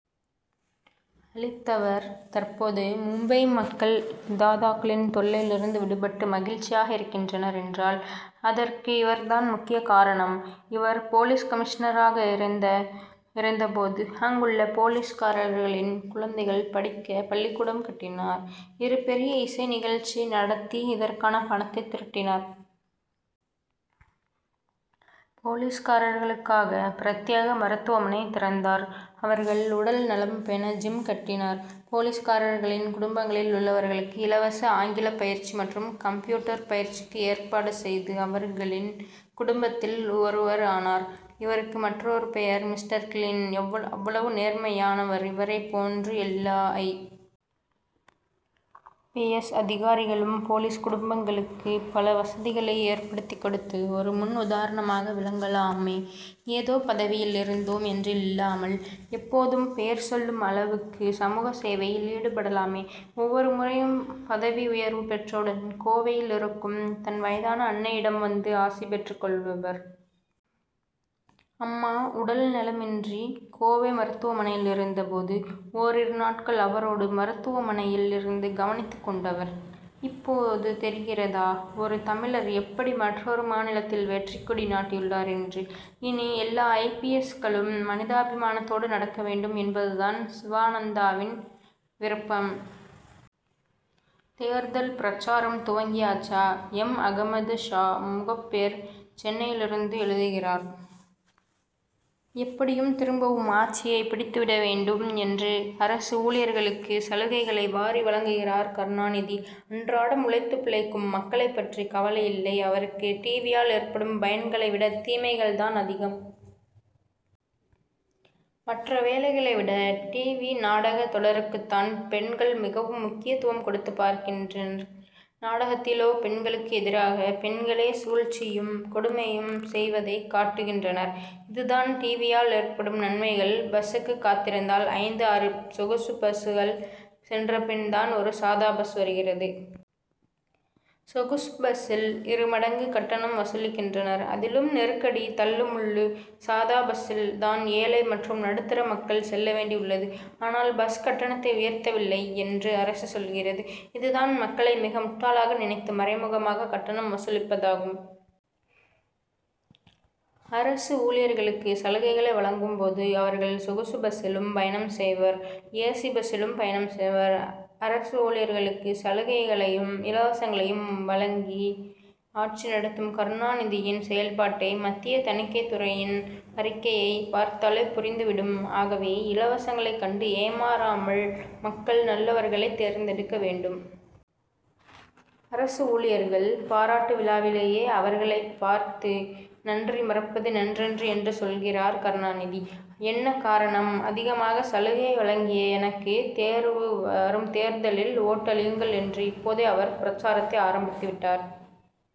அழித்தவர். தற்போது மும்பை மக்கள், தாதாக்களின் தொல்லையில் இருந்து விடுபட்டு மகிழ்ச்சியாக இருக்கின்றனர் என்றால், அதற்கு இவர் தான் முக்கிய காரணம். இவர், போலீஸ் கமிஷனராக இருந்த போது, அங்குள்ள போலீஸ்காரர்களின் குழந்தைகள் படிக்க பள்ளிக்கூடம் கட்டினார். இரு பெரிய இசை நிகழ்ச்சி நடத்தி, இதற்கான பணத்தை திரட்டினார். போலீஸ்காரர்களுக்காக, பிரத்யேக மருத்துவமனை திறந்தார். அவர்கள் உடல்நலம் பேண, ஜிம் கட்டினார். போலீஸ்காரர்களின் குடும்பங்களில் உள்ளவர்களுக்கு, இலவச ஆங்கிலப்பயிற்சி மற்றும் கம்ப்யூட்டர் பயிற்சிக்கு ஏற்பாடு செது, அவர்களின் குடும்பத்தில் ஒருவர் ஆனார். இவருக்கு மற்றொரு பெயர், மிஸ்டர் கிளீன்! அவ்வளவு நேர்மையானவர். இவரை போன்று எல்லா ஐ. பி. எஸ். அதிகாரிகளும், போலீஸ் குடும்பங்களுக்கு பல வசதிகளை ஏற்படுத்தி கொடுத்து, ஒரு முன் உதாரணமாக விளங்கலாமே? ஏதோ பதவியில் இருந்தோம் என்று இல்லாமல், எப்போதும் பெயர் சொல்லும் அளவுக்கு, சமூக சேவையில் ஈடுபடலாமே. ஒவ்வொரு முறையும் பதவி உயர்வு பெற்றவுடன், கோவையில் இருக்கும் தன் வயதான அன்னையிடம் வந்து ஆசிபெற்றுக் கொள்பவர். அம்மா உடல்நலமின்றி கோவை மருத்துவமனையிலிருந்த போது, ஓரிரு நாட்கள் அவரோடு மருத்துவமனையில் இருந்து கவனித்துக் கொண்டவர். இப்போது தெரிகிறதா? ஒரு தமிழர் எப்படி மற்றொரு மாநிலத்தில் வெற்றிக்கொடி நாட்டியுள்ளார் என்று. இனி எல்லா ஐ. பி. எஸ்.களும் மனிதாபிமானத்தோடு நடக்க வேண்டும் என்பது தான் சிவானந்தனின் விருப்பம். தேர்தல் பிரசாரம் துவங்கியாச்சா? எம். அகமதுஷா, முகப்பேர், சென்னையிலிருந்து எழுதுகிறார்: எப்படியும் திரும்பவும் ஆட்சியை பிடித்துவிட வேண்டும் என்று, அரசு ஊழியர்களுக்கு சலுகைகளை வாரி வழங்குகிறார் கருணாநிதி. அன்றாடம் உழைத்து பிழைக்கும் மக்களைப் பற்றி கவலையில்லை அவருக்கு. டிவியால் ஏற்படும் பயன்களை விட, தீமைகள் தான் அதிகம். மற்ற வேலைகளை விட, டிவி நாடக தொடருக்குத்தான் பெண்கள் மிகவும் முக்கியத்துவம் கொடுத்து பார்க்கின்றனர். நாடகத்திலோ, பெண்களுக்கு எதிராக, பெண்களே சூழ்ச்சியும், கொடுமையும் செவதை காட்டுகின்றனர். இதுதான், டிவியால் ஏற்படும், நன்மைகள்! பஸ்சுக்கு காத்திருந்தால், ஐந்து, ஆறு சொகுசு பஸ்கள் சென்றபின் தான் ஒரு சாதா பஸ் வருகிறது. சொகுசு பஸ்சில், இருமடங்கு கட்டணம் வசூலிக்கின்றனர். அதிலும் நெருக்கடி, தள்ளு முள்ளு. சாதா பஸ்சில் தான் ஏழை மற்றும் நடுத்தர மக்கள் செல்ல வேண்டி உள்ளது. ஆனால், பஸ் கட்டணத்தை உயர்த்தவில்லை என்று அரசு சொல்கிறது. இதுதான், மக்களை மிக முட்டாளாக நினைத்து, மறைமுகமாக கட்டணம் வசூலிப்பதாகும். அரசு ஊழியர்களுக்கு சலுகைகளை வழங்கும் போது, அவர்கள் சொகுசு பஸ்சிலும் பயணம் செவர், ஏசி பஸ்சிலும் பயணம் செவர். அரசு ஊழியர்களுக்கு சலுகைகளையும், இலவசங்களையும் வழங்கி, ஆட்சி நடத்தும் கருணாநிதியின் செயல்பாட்டை, மத்திய தணிக்கை துறையின் அறிக்கையை பார்த்தாலே புரிந்து விடும். ஆகவே, இலவசங்களை கண்டு ஏமாறாமல், மக்கள், நல்லவர்களை தேர்ந்தெடுக்க வேண்டும். அரசு ஊழியர்கள் பாராட்டு விழாவிலேயே, அவர்களை பார்த்து, நன்றி மறப்பது நன்றன்று என்று சொல்கிறார் கருணாநிதி. என்ன காரணம்? அதிகமாக சலுகை வழங்கிய எனக்கு, வரும் தேர்தலில் ஓட்டளியுங்கள் என்று, இப்போதே அவர் பிரசாரத்தை ஆரம்பித்து விட்டார்.